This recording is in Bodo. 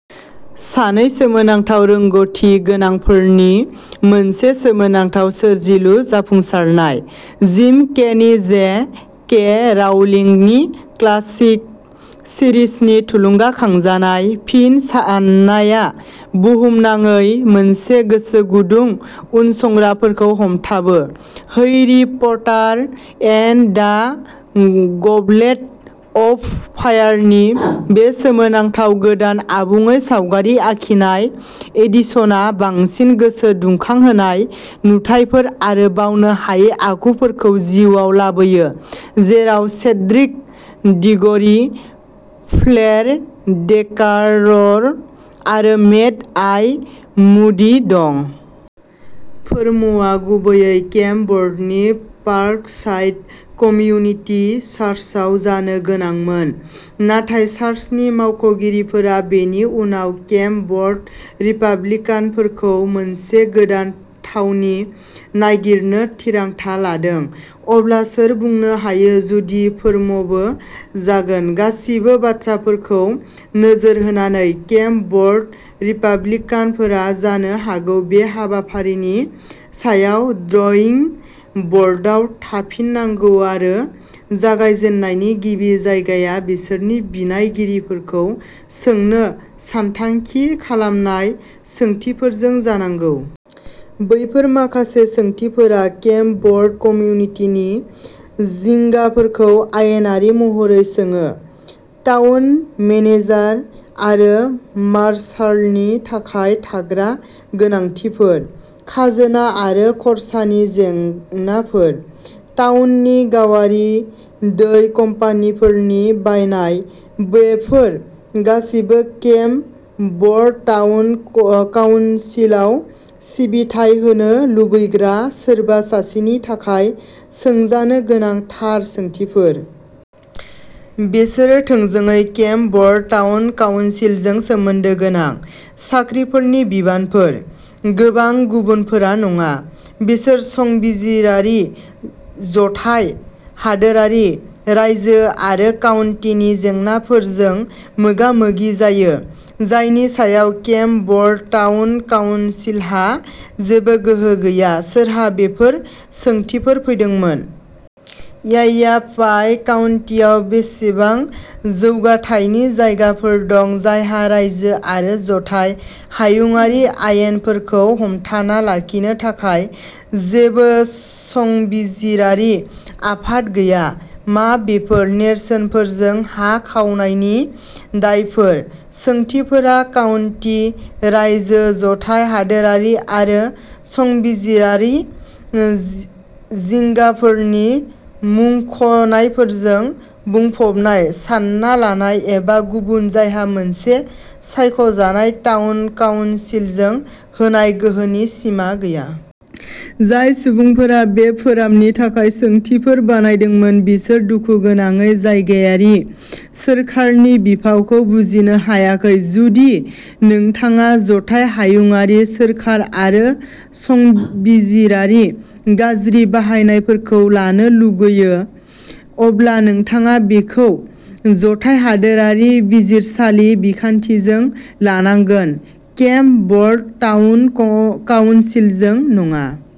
"सानै सोमोनांथाव रोंग'थि गोनांफोरनि मोनसे सोमोनांथाव सोरजिलु जाफुंसारनाय, जिम केनि जे. के. राउलिंगनि क्लासिक सिरिजनि थुलुंगाखांजानाय फिन साननाया बुहुमनाङै मोनसे गोसोगुदुं उनसंग्राफोरखौ हमथाबो। Harry Potter and the goblet of फायारनि बे सोमोनांथाव गोदान आबुङै सावगारि आखिनाय एडिशना बांसिन गोसोदुंखांहोनाय नुथायफोर आरो बावनो हायै आखुफोरखौ जिउआव लाबोयो-जेराव सेड्रिक डिग'रि, फ्लेर डेलाक'र आरो मेड-आइ मुडि दं। फोरमआ गुबैयै केम्प वर्देनि पार्कसाइड कमिउनिटि चार्चआव जानो गोनांमोन, नाथाय चार्चनि मावख'गिरिफोरा बेनि उनाव केम्प वर्दे रिपाब्लिकानफोरखौ मोनसे गोदान थावनि नागिरनो थिरांथा लादों। अब्ला सोर बुंनो हायो जुदि फोरमबो जागोन? गासैबो बाथ्राफोरखौ नोजोर होनानै, केम्प वर्दे रिपाब्लिकानफोरा जानो हागौ बे हाबाफारिनि सायाव ड्रइं बर्डआव थांफिननांगौआरो जागायजेन्नायनि गिबि जायगाया बिसोर बिनायगिरिफोरखौ सोंनो सानथांखि खालामनाय सोंथिफोरजों जानांगौ। बैफोर माखासे सोंथिफोरा केम्प वर्दे कमिउनिटिनि जिंगाफोरखौ आयेनारि महरै सोङो। टाउन मेनेजार आरो मार्शालनि थाखाय थाग्रा गोनांथिफोर। खाजोना आरो खरसानि जेंनाफोर। टाउननि गावारि दै कम्पानिफोरनि बायनाय। बेफोर गासैबो केम्प वर्दे टाउन काउन्सिलआव सिबिथाइ होनो लुबैग्रा सोरबा सासेनि थाखाय सोंजानो गोनां थार सोंथिफोर। बेफोरो थोंजोङै केम्प वर्दे टाउन काउन्सिलजों सोमोन्दो गोनां। साख्रिफोरनि बिबानफोर। गोबां गुबुनफोरा नङा। बिसोर संबिजिरारि, जथाय हादोरारि, रायजो आरो काउन्टीनि जेंनाफोरजों मोगा-मोगि जायो, जायनि सायाव केम्प वर्दे टाउन काउन्सिलहा जेबो गोहो गैया। सोरहा बेफोर सोंथिफोर फैदोंमोन? "यावापाइ काउन्टीआव बेसेबां जौगाथायनि जायगाफोर दं जायहा रायजो आरो जथाय हायुंआरि आयेनफोरखौ हमथाना लाखिनो थाखाय जेबो संबिजिरारि आफाद गैया? मा बेफोर नेरसोनफोरजों हा खावनायनि दायफोर? सोंथिफोरा काउन्टी, रायजो, जथाय हादोरारि आरो संबिजिरारि जिंगाफोरनि मुंख'नायफोरजों बुंफबनाय-सानना लानाय एबा गुबुन-जायहा मोनसे सायख'जानाय टाउन काउन्सिलनो होनाय गोहोनि सिमा गैया। जाय सुबुंफोरा बे फोरामनि थाखाय सोंथिफोर बानायदोंमोन बिसोर दुखुगोनाङै जायगायारि सोरखारनि बिफावखौ बुजिनो हायाखै। जुदि नोंथाङा जथाय हायुंआरि सोरखार आरो संबिजिरारि गाज्रि बाहायनायफोरखौ लानो लुगैयो, अब्ला नोंथाङा बेखौ जथाय हादोरारि बिजिरसालि बिखान्थिजों लानांगोन, केम्प वर्दे टाउन काउन्सिलजों नङा।